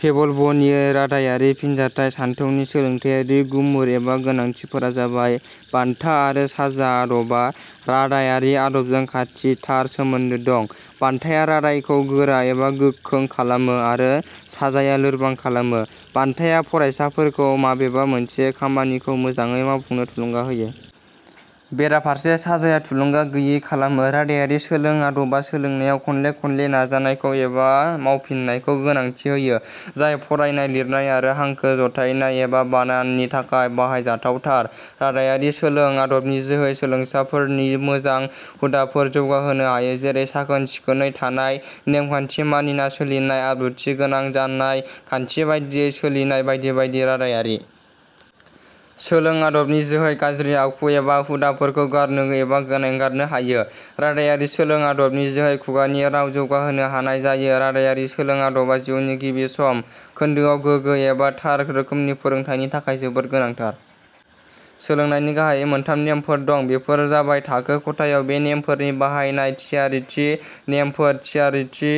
पेभलभनि रादायारि फिनजाथाइ सानथौनि सोलोंथाइयारि गुमुर एबा गोनांथिफोरा जाबाय :.बान्था आरो साजा आदबा रादायारि आदबजों खाथिथार सोमोन्दो दं। बान्थाया रादायखौ गोरा एबा गोखों खालामो आरो साजाया लोरबां खालामो। बान्धाया फरायसाफोरखौ माबेबा मोनसे खामानिखौ मोजांयै मावफुंनो थुलुंगा होयो। बेराफारसे साजाया थुलुंगा गोयि खालामो।. रादायारि सोलों आदबा सोलोंनायाव खनले खनले नाजानायखौ एबा मावफिननायखौ गोनांथि होयो, जाय फरायनाय, लिरनाय आरो हांखो जथाइनाय एबा बानाननि थाखाय बाहायजाथाव थार।.रादायारि सोलों आदबनि जोहै सोलोंसाफोरनि मोजां हुदाफोर जौगाहोनो हायो जेरै- साखोन-सिखोनै थानाय, नेमखान्थि मानिना सोलिनाय, आब्रुथि गोनां जानाय, खान्थि बादियै सोलिनाय बायदि बायदि।.रादायारि सोलों आदबनि जोहै गाज्रि आखु एबा हुदा फोरखौ गारनो एबा एंगारनो हायो।.रादायारि सोलों आदबनि जोहै खुगानि राव जौगाहोनो हानाय जायो।. रादायारि सोलों आदबा जिउनि गिबि सम खोन्दोआव गोग्गो एबा थार रोखोमनि फोरोंथाइनि थाखाय जोबोद गोनांथार।: सोलोंनायनि गाहाइयै मोनथाम नेमफोर दं बेफोर जाबाय- थाखो खथायाव बे नेमफोरनि बाहायनाय: थियारिथि नेमफोर: थियारिथि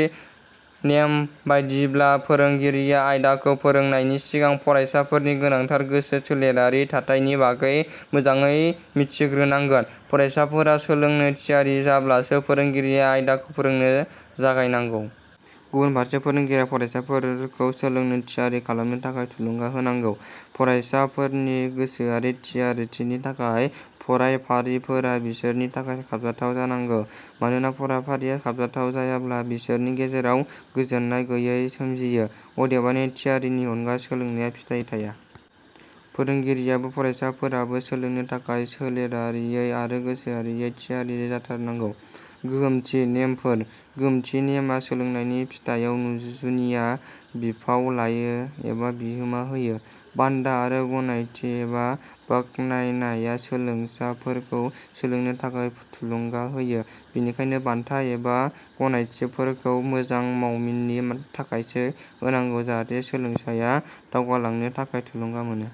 नेम बादिब्ला फोरोंगिरिया आयदाखौ फोरोंनायनि सिगां फरायसाफोरनि गोनांथार गोसो सोलेरारि थाथाइनि बागै मोजाङै मिथिग्रोनांगोन। फरायसाफोरा सोलोंनो थियारिजाब्लासो फोरोंगिरिया आयदाखौ फोरोंनो जागायनांगौ। गुबुन फारसे, फोरोंगिरिया फरायसाफोरखौ सोलोंनो थियारि खालामनो थाखाय थुलुंगा होनांगौ। फरायसाफोरनि गोसोआरि थियारिथिनि थाखाय फरायफारिफोरा बिसोरनि थाखाय खाबजाथाव जानांगो। मानोना, फरायफारिया खाबजाथाव जायाब्ला बिसोरनि गेजेराव गोजोननाय गोयि सोमजियो। अदेबानि थियारिनि अनगा सोलोंनाया फिथाइ थाया। फोरोंगिरियाबो फरायसाफोराबो सोलोंनो थाखाय सोलेरारियै आरो गोसोआरियै थियारि जाथार नांगौ।. गोहोमथि नेमफोर: गोहोमथि नेमआ सोलोंनायनि फिथाइयाव जुनिया बिफाव लायो एबा बिहोमा होयो। बान्धा आरो गनायथि एबा बाखनायनाया सोलोंसाफोरखौ सोलोंनो थाखाय थुलुंगा होयो बेनिखायनो बान्था एबा गनायथिफोरखौ मोजां मावमिननि थाखायसो होनांगौ जाहाथे सोलोंसाया दावगालांनो थाखाय थुलुंगा मोनो।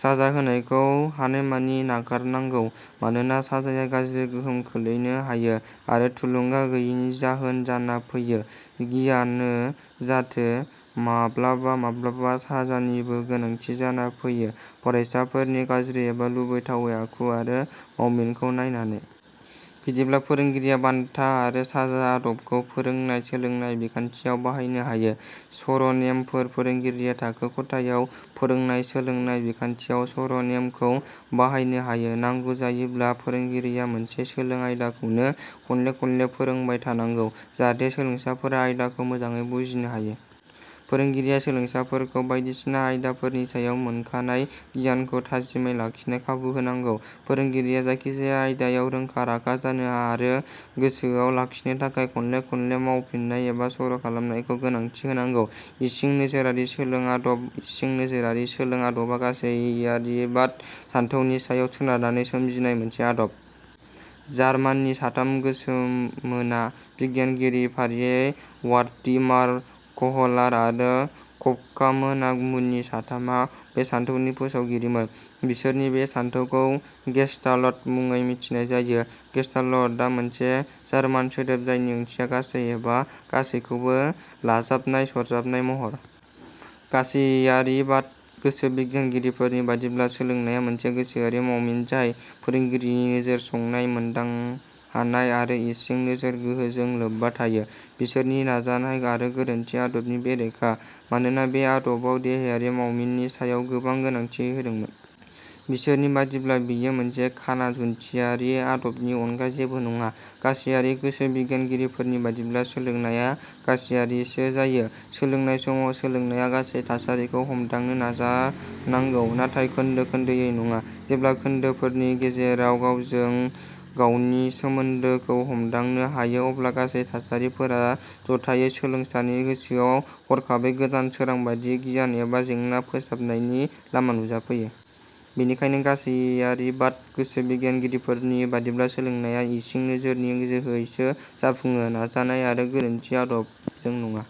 साजा होनायखौ हानायमानि नागार नांगौ। मानोना साजाया गाज्रि गोहोम खोलैनो हायो आरो थुलुंगा गोयिनि जाहोन जाना फैयो। जियानो जाथो माब्लाबा माब्लाबा साजानिबो गोनांथि जाना फैयो फरायसाफोरनि गाज्रि एबा लुबैथावै आखु आरो मावमिनखौ नायनानै। बिदिब्ला फोरोंगिरिया 'बान्था आरो साजा' आदबखौ फोरोंनाय सोलोंनाय बिखान्थियाव बाहायनो हायो।. सर 'नेमफोर: फोरोंगिरिया थाखो खथायाव फोरोंनाय सोलोंनाय बिखान्थियाव सर 'नेमखौ बाहायनो हायो। नांगौ जायोब्ला फोरोंगिरिया मोनसे सोलों आयदाखौनो खनले खनले फोरोंबाय थानांगौ जाहाथे सोलोंसाफोरा आयदाखौ मोजाङै बुजिनो हायो। फोरोंगिरिया सोलोंसाफोरखौ बायदिसिना आयदाफोरनि सायाव मोनखानाय गियानखौ थाजिमै लाखिनो खाबु होनांगौ। फोरोंगिरिया जायखिजाया आयदायाव रोंखा-राखा जानो आरो गोसोआव लाखिनो थाखाय खनले खनले मावफिननाय एबा सर' खालामनायखौ गोनांथि होनांगौ।: इसिं नोजोरारि सोलों आदब: इसिं नोजोरारि सोलों आदबा गासैयारिबाद सान्थौनि सायाव सोनारनानै सोमजिनाय मोनसे आदब। जार्माननि साथाम गोसोमोना बिगियानगिरि फारियै वार्थिमार, कहलार आरो कफकामोना मुनि साथामा बे सान्थौनि फोसावगिरिमोन। बिसोरनि बे सानथौखौ 'गेस्टाल्ट' मुङै मिथिनाय जायो। 'गेस्टाल्ट 'आ मोनसे जार्मान सोदोब जायनि ओंथिया 'गासै' एबा गासैखौबो 'लाजाबनाय सरजाब महर'। गासैयारिबाद गोसो बिगियानगिरिफोरनि बादिब्ला सोलोंनाया मोनसे गोसोआरि मावमिन जाय फोरोंगिरिनि नोजोर संनाय मोनदांहानाय आरो इसिं नोजोर गोहोजों लोब्बा थायो। बिसोरो नाजानाय आरो गोरोन्थि आदबनि बेरेखा। मानोना बे आदबाव देहायारि मावमिननि सायाव गोबां गोनांथि होदोंमोन। बिसोरनि बादिब्ला बेयो मोनसे खाना जुन्थियारि आदबनि अनगा जेबो नङा। गासैयारि गोसो बिगियानगिरिफोरनि बादिब्ला सोलोंनाया गासैयारियैसो जायो। सोलोंनाय समाव सोलोंनाया गासै थासारिखौ हमदांनो नाजानांगौ नाथाय खोन्दो खोन्दोयै नङा। जेब्ला खोन्दोफोरनि गेजेराव गावजों गावनि सोमोन्दोखौ हमदांनो हायो अब्ला गासै थासारिफोरा जथाइयै सोलोंसानि गोसोआव हरखाबै गोदान सोरांबादि गियान एबा जेंना फोसाबनायनि लामा नुजाफैयो। बेनिखायनो गासैयारिबाद गोसो बिगियानगिरिफोरनि बादिब्ला सोलोंनाया इसिं नोजोरनि जोहैसो जाफुङो, नाजानाय आरो गोरोन्थि आदबजों नङा।